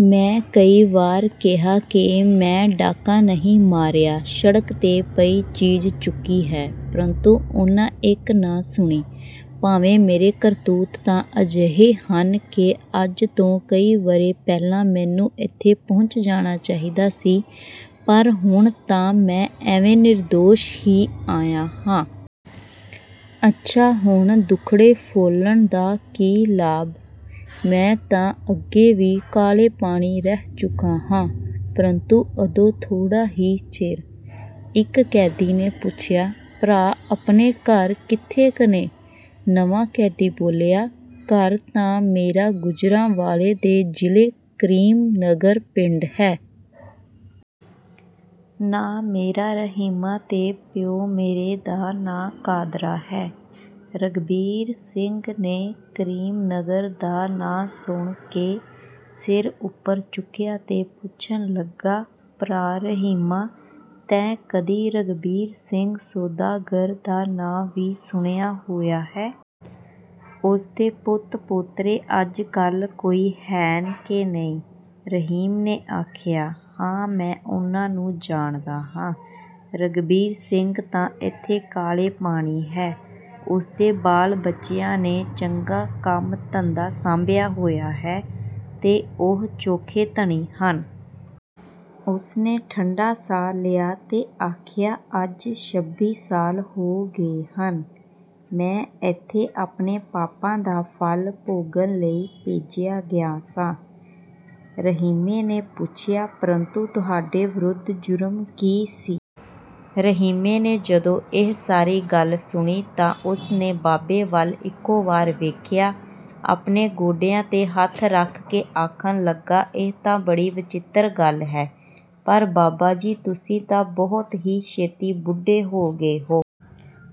ਮੈਂ ਕਈ ਵਾਰ ਕਿਹਾ ਕਿ ਮੈਂ ਡਾਕਾ ਨਹੀਂ ਮਾਰਿਆ, ਸੜਕ ਤੇ ਪਈ ਚੀਜ਼ ਚੁੱਕੀ ਹੈ, ਪਰੰਤੂ ਉਨ੍ਹਾਂ ਇੱਕ ਨਾ ਸੁਣੀ। ਭਾਵੇਂ ਮੇਰੇ ਕਰਤੂਤ ਤਾਂ ਅਜਿਹੇ ਹਨ ਕਿ ਅੱਜ ਤੋਂ ਕਈ ਵਰ੍ਹੇ ਪਹਿਲਾਂ ਮੈਨੂੰ ਇੱਥੇ ਪਹੁੰਚ ਜਾਣਾ ਚਾਹੀਦਾ ਸੀ, ਪਰ ਹੁਣ ਤਾਂ ਮੈਂ ਐਵੇਂ ਨਿਰਦੋਸ਼ ਹੀ ਆਇਆ ਹਾਂ। ਅੱਛਾ, ਹੁਣ ਦੁੱਖੜੇ ਫੋਲਣ ਦਾ ਕੀ ਲਾਭ? ਮੈਂ ਤਾਂ ਅੱਗੇ ਵੀ ਕਾਲੇ ਪਾਣੀ ਰਹਿ ਚੁੱਕਾ ਹਾਂ, ਪਰੰਤੂ ਉਦੋਂ ਥੋੜਾ ਹੀ ਚਿਰ...। ਇੱਕ ਕੈਦੀ ਨੇ ਪੁੱਛਿਆ, "ਭਰਾ, ਆਪਣੇ ਘਰ ਕਿੱਥੇ ਕੁ ਨੇ?" ਨਵਾਂ ਕੈਦੀ ਬੋਲਿਆ, "ਘਰ ਤਾਂ ਮੇਰਾ ਗੁਜਰਾਂਵਾਲੇ ਦੇ ਜ਼ਿਲ੍ਹੇ ਕਰੀਮ ਨਗਰ ਪਿੰਡ ਹੈ। ਨਾਂ ਮੇਰਾ ਰਹੀਮਾਂ ਤੇ ਪਿਉ ਮੇਰੇ ਦਾ ਨਾਂ ਕਾਦਰਾ ਹੈ।" ਰਘਬੀਰ ਸਿੰਘ ਨੇ ਕਰੀਮ ਨਗਰ ਦਾ ਨਾਂ ਸੁਣ ਕੇ ਸਿਰ ਉੱਪਰ ਚੁੱਕਿਆ ਤੇ ਪੁੱਛਣ ਲੱਗਾ, "ਭਰਾ ਰਹੀਮਾ! ਤੈਂ ਕਦੀ ਰਘਬੀਰ ਸਿੰਘ ਸੌਦਾਗਰ ਦਾ ਨਾਂ ਵੀ ਸੁਣਿਆ ਹੋਇਆ ਹੈ? ਉਸ ਦੇ ਪੁੱਤ-ਪੋਤਰੇ ਅੱਜ ਕੱਲ੍ਹ ਕੋਈ ਹੈਨ ਕਿ ਨਹੀਂ?" ਰਹੀਮੇ ਨੇ ਆਖਿਆ, "ਹਾਂ, ਮੈਂ ਉਨ੍ਹਾਂ ਨੂੰ ਜਾਣਦਾ ਹਾਂ। ਰਘਬੀਰ ਸਿੰਘ ਤਾਂ ਇੱਥੇ ਕਾਲੇ ਪਾਣੀ ਹੈ। ਉਸ ਦੇ ਬਾਲ-ਬੱਚਿਆਂ ਨੇ ਚੰਗਾ ਕੰਮ-ਧੰਧਾ ਸਾਂਭਿਆ ਹੋਇਆ ਹੈ ਤੇ ਉਹ ਚੋਖੇ ਧਨੀ ਹਨ। ਉਸ ਨੇ ਠੰਢਾ ਸਾਹ ਲਿਆ ਤੇ ਆਖਿਆ, "ਅੱਜ ਛੱਬੀ ਸਾਲ ਹੋ ਗਏ ਹਨ। ਮੈਂ ਇੱਥੇ ਆਪਣੇ ਪਾਪਾਂ ਦਾ ਫਲ ਭੋਗਣ ਲਈ ਭੇਜਿਆ ਗਿਆ ਸਾਂ।" ਰਹੀਮੇ ਨੇ ਪੁੱਛਿਆ, "ਪਰੰਤੂ ਤੁਹਾਡੇ ਵਿਰੁੱਧ ਜੁਰਮ ਕੀ ਸੀ?" ਰਹੀਮੇ ਨੇ ਜਦੋਂ ਇਹ ਸਾਰੀ ਗੱਲ ਸੁਣੀ ਤਾਂ ਉਸ ਨੇ ਬਾਬੇ ਵੱਲ ਇਕੋ ਵਾਰ ਵੇਖਿਆ। ਆਪਣੇ ਗੋਡਿਆਂ ਤੇ ਹੱਥ ਰੱਖ ਕੇ ਆਖਣ ਲੱਗਾ, "ਇਹ ਤਾਂ ਬੜੀ ਵਿਚਿੱਤਰ ਗੱਲ ਹੈ। ਪਰ ਬਾਬਾ ਜੀ! ਤੁਸੀਂ ਤਾਂ ਬਹੁਤ ਹੀ ਛੇਤੀ ਬੁੱਢੇ ਹੋ ਗਏ ਹੋ?"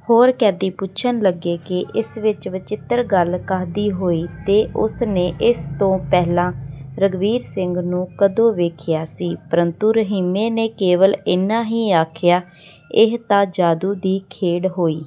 ਹੋਰ ਕੈਦੀ ਪੁੱਛਣ ਲੱਗੇ ਕਿ ਇਸ ਵਿਚ ਵਿਚਿੱਤਰ ਗੱਲ ਕਾਹਦੀ ਹੋਈ ਤੇ ਉਸ ਨੇ ਇਸ ਤੋਂ ਪਹਿਲਾਂ ਰਘਬੀਰ ਸਿੰਘ ਨੂੰ ਕਦੋਂ ਵੇਖਿਆ ਸੀ, ਪਰੰਤੂ ਰਹੀਮੇ ਨੇ ਕੇਵਲ ਇੰਨਾ ਹੀ ਆਖਿਆ, "ਇਹ ਤਾਂ ਜਾਦੂ ਦੀ ਖੇਡ ਹੋਈ।